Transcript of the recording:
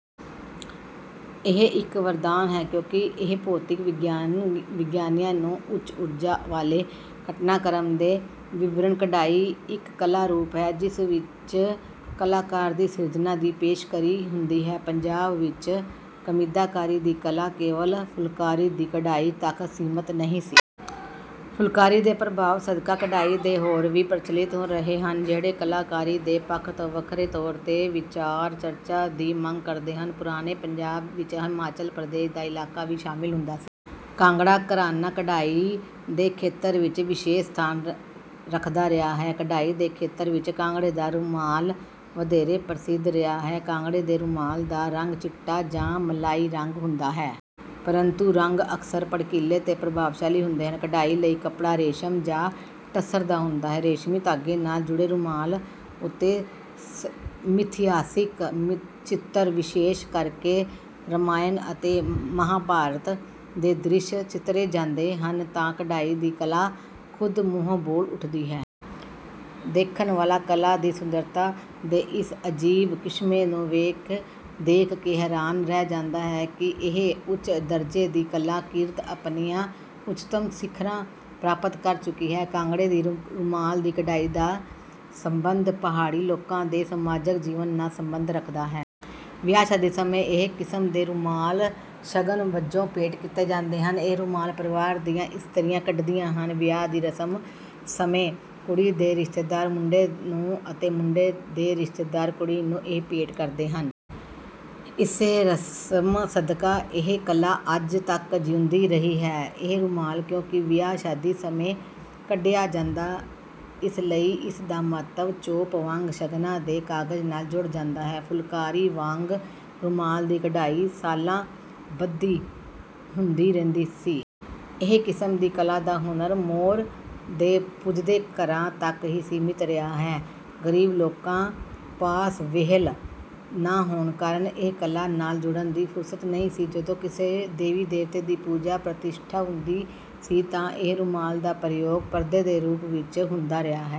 ਇਹ ਇੱਕ ਵਰਦਾਨ ਹੈ ਕਿਉਂਕਿ ਇਹ ਭੌਤਿਕ ਵਿਗਿਆਨੀਆਂ ਨੂੰ ਉੱਚ-ਊਰਜਾ ਵਾਲੇ ਘਟਨਾਕ੍ਰਮ ਦੇ ਵਿਵਰਣ। ਕਢਾਈ ਇੱਕ ਕਲਾ ਰੂਪ ਹੈ ਜਿਸ ਵਿੱਚ ਕਲਾਕਾਰ ਦੀ ਸਿਰਜਨਾ ਦੀ ਪੇਸ਼ਕਰੀ ਹੁੰਦੀ ਹੈ। ਪੰਜਾਬ ਵਿਚ ਕਵੀਤਾਕਾਰੀ ਦੀ ਕਲਾ ਕੇਵਲ ਫੁਲਕਾਰੀ ਦੀ ਕਢਾਈ ਤੱਕ ਸੀਮਤ ਨਹੀਂ ਸੀ। ਫੁਲਕਾਰੀ ਦੇ ਪ੍ਰਭਾਵ ਸਦਕਾ ਕਢਾਈ ਦੇ ਹੋਰ ਵੀ ਪ੍ਰਚਲਿਤ ਰਹੇ ਹਨ ਜਿਹੜੇ ਕਲਾਕਾਰੀ ਦੇ ਪੱਖ ਤੋਂ ਵੱਖਰੇ ਤੌਰ ਤੇ ਵਿਚਾਰ ਚਰਚਾ ਦੀ ਮੰਗ ਕਰਦੇ ਹਨ। ਪੁਰਾਣੇ ਪੰਜਾਬ ਵਿਚ ਹਿਮਾਚਲ ਪ੍ਰਦੇਸ਼ ਦਾ ਇਲਾਕਾ ਵੀ ਸ਼ਾਮਿਲ ਹੁੰਦਾ ਸੀ। ਕਾਂਗੜਾ ਘਰਾਣਾ ਕਢਾਈ ਦੇ ਖੇਤਰ ਵਿਚ ਵਿਸ਼ੇਸ਼ ਸਥਾਨ ਰੱਖਦਾ ਰਿਹਾ ਹੈ। ਕਢਾਈ ਦੇ ਖੇਤਰ ਵਿਚ ਕਾਂਗੜੇ ਦਾ ਰੁਮਾਲ ਵਧੇਰੇ ਪ੍ਰਸਿੱਧ ਰਿਹਾ ਹੈ। ਕਾਂਗੜੇ ਦੇ ਰੁਮਾਲ ਦਾ ਰੰਗ ਚਿੱਟਾ ਜਾਂ ਮਲਾਈ ਰੰਗ ਹੁੰਦਾ ਹੈ। ਪਰੰਤੂ ਰੰਗ ਅਕਸਰ ਭੜਕੀਲੇ ਤੇ ਪ੍ਰਭਾਵਸ਼ਾਲੀ ਹੁੰਦੇ ਹਨ। ਕਢਾਈ ਲਈ ਕੱਪੜਾ ਰੇਸ਼ਮ ਜਾਂ ਟਸਰ ਦਾ ਹੁੰਦਾ ਹੈ। ਰੇਸ਼ਮੀ ਧਾਗੇ ਨਾਲ ਜੁੜੇ ਰੁਮਾਲ ਉੱਤੇ ਮਿਥਿਹਾਸਿਕ ਚਿੱਤਰ ਵਿਸ਼ੇਸ਼ ਕਰਕੇ ਰਮਾਇਣ ਅਤੇ ਮਹਾਂਭਾਰਤ ਦੇ ਦ੍ਰਿਸ਼ ਚਿੱਤਰੇ ਜਾਂਦੇ ਹਨ ਤਾਂ ਕਢਾਈ ਦੀ ਕਲਾ ਖ਼ੁਦ ਮੂੰਹੋਂ ਬੋਲ ਉਠਦੀ ਹੈ। ਦੇਖਣ ਵਾਲਾ ਕਲਾ ਦੀ ਸੁੰਦਰਤਾ ਦੇ ਇਸ ਅਜੀਬ ਕ੍ਰਿਸ਼ਮੇ ਨੂੰ ਦੇਖ ਕੇ ਹੈਰਾਨ ਰਹਿ ਜਾਂਦਾ ਹੈ। ਕਿ ਇਹ ਉੱਚ-ਦਰਜੇ ਦੀ ਕਲਾ ਕਿਰਤ ਆਪਣੀਆਂ ਉਚਤਮ ਸਿਖਰਾਂ ਪ੍ਰਾਪਤ ਕਰ ਚੁੱਕੀ ਹੈ। ਕਾਂਗੜੇ ਦੇ ਰੁਮਾਲ ਦੀ ਕਢਾਈ ਦਾ ਸੰਬੰਧ ਪਹਾੜੀ ਲੋਕਾਂ ਦੇ ਸਮਾਜਕ ਜੀਵਨ ਨਾਲ ਸੰਬੰਧ ਰੱਖਦਾ ਹੈ। ਵਿਆਹ ਸ਼ਾਦੀ ਸਮੇਂ ਇਹ ਕਿਸਮ ਦੇ ਰੁਮਾਲ ਸ਼ਗਨ ਵਜੋਂ ਭੇਟ ਕੀਤੇ ਜਾਂਦੇ ਹਨ। ਇਹ ਰੁਮਾਲ ਪਰਿਵਾਰ ਦੀਆਂ ਇਸਤਰੀਆਂ ਕੱਢਦੀਆਂ ਹਨ। ਵਿਆਹ ਦੀ ਰਸਮ ਸਮੇਂ ਕੁੜੀ ਦੇ ਰਿਸ਼ਤੇਦਾਰ ਮੁੰਡੇ ਨੂੰ ਅਤੇ ਮੁੰਡੇ ਦੇ ਰਿਸ਼ਤੇਦਾਰ ਕੁੜੀ ਨੂੰ ਇਹ ਭੇਂਟ ਕਰਦੇ ਹਨ। ਇਸੇ ਰਸਮ ਸਦਕਾ ਇਹ ਕਲਾ ਅੱਜ ਤੱਕ ਜਿਊਂਦੀ ਰਹੀ ਹੈ। ਇਹ ਰੁਮਾਲ ਕਿਉਂਕਿ ਵਿਆਹ ਸ਼ਾਦੀ ਸਮੇਂ ਕਢਿੱਆ ਜਾਂਦਾ ਇਸ ਲਈ ਇਸ ਦਾ ਮਹੱਤਵ ਚੋਪ ਵਾਂਗ ਸ਼ਗਨਾਂ ਦੇ ਕਾਗਜ ਨਾਲ ਜੁੜ ਜਾਂਦਾ ਹੈ। ਫੁਲਕਾਰੀ ਵਾਂਗ ਰੁਮਾਲ ਦੀ ਕਢਾਈ ਸਾਲਾਂ ਬੱਦੀ ਹੁੰਦੀ ਰਹਿੰਦੀ ਸੀ। ਇਹ ਕਿਸਮ ਦੀ ਕਲਾ ਦਾ ਹੁਨਰ ਮੋਰ ਦੇ ਪੁੱਜਦੇ ਘਰਾਂ ਤੱਕ ਹੀ ਸੀਮਿਤ ਰਿਹਾ ਹੈ। ਗ਼ਰੀਬ ਲੋਕਾਂ ਪਾਸ ਵਿਹਲ ਨਾ ਹੋਣ ਕਾਰਣ ਇਹ ਕਲਾ ਨਾਲ ਜੁੜਨ ਦੀ ਫੁਰਸਤ ਨਹੀਂ ਸੀ। ਜਦੋਂ ਕਿਸੇ ਦੇਵੀ ਦੇਵਤੇ ਦੀ ਪੂਜਾ ਪ੍ਰਤਿਸ਼ਠਾ ਹੁੰਦੀ ਸੀ ਤਾਂ ਵੀ ਇਹ ਰੁਮਾਲ ਦਾ ਪ੍ਰਯੋਗ ਪਰਦੇ ਦੇ ਰੂਪ ਵਿਚ ਹੁੰਦਾ ਰਿਹਾ ਹੈ।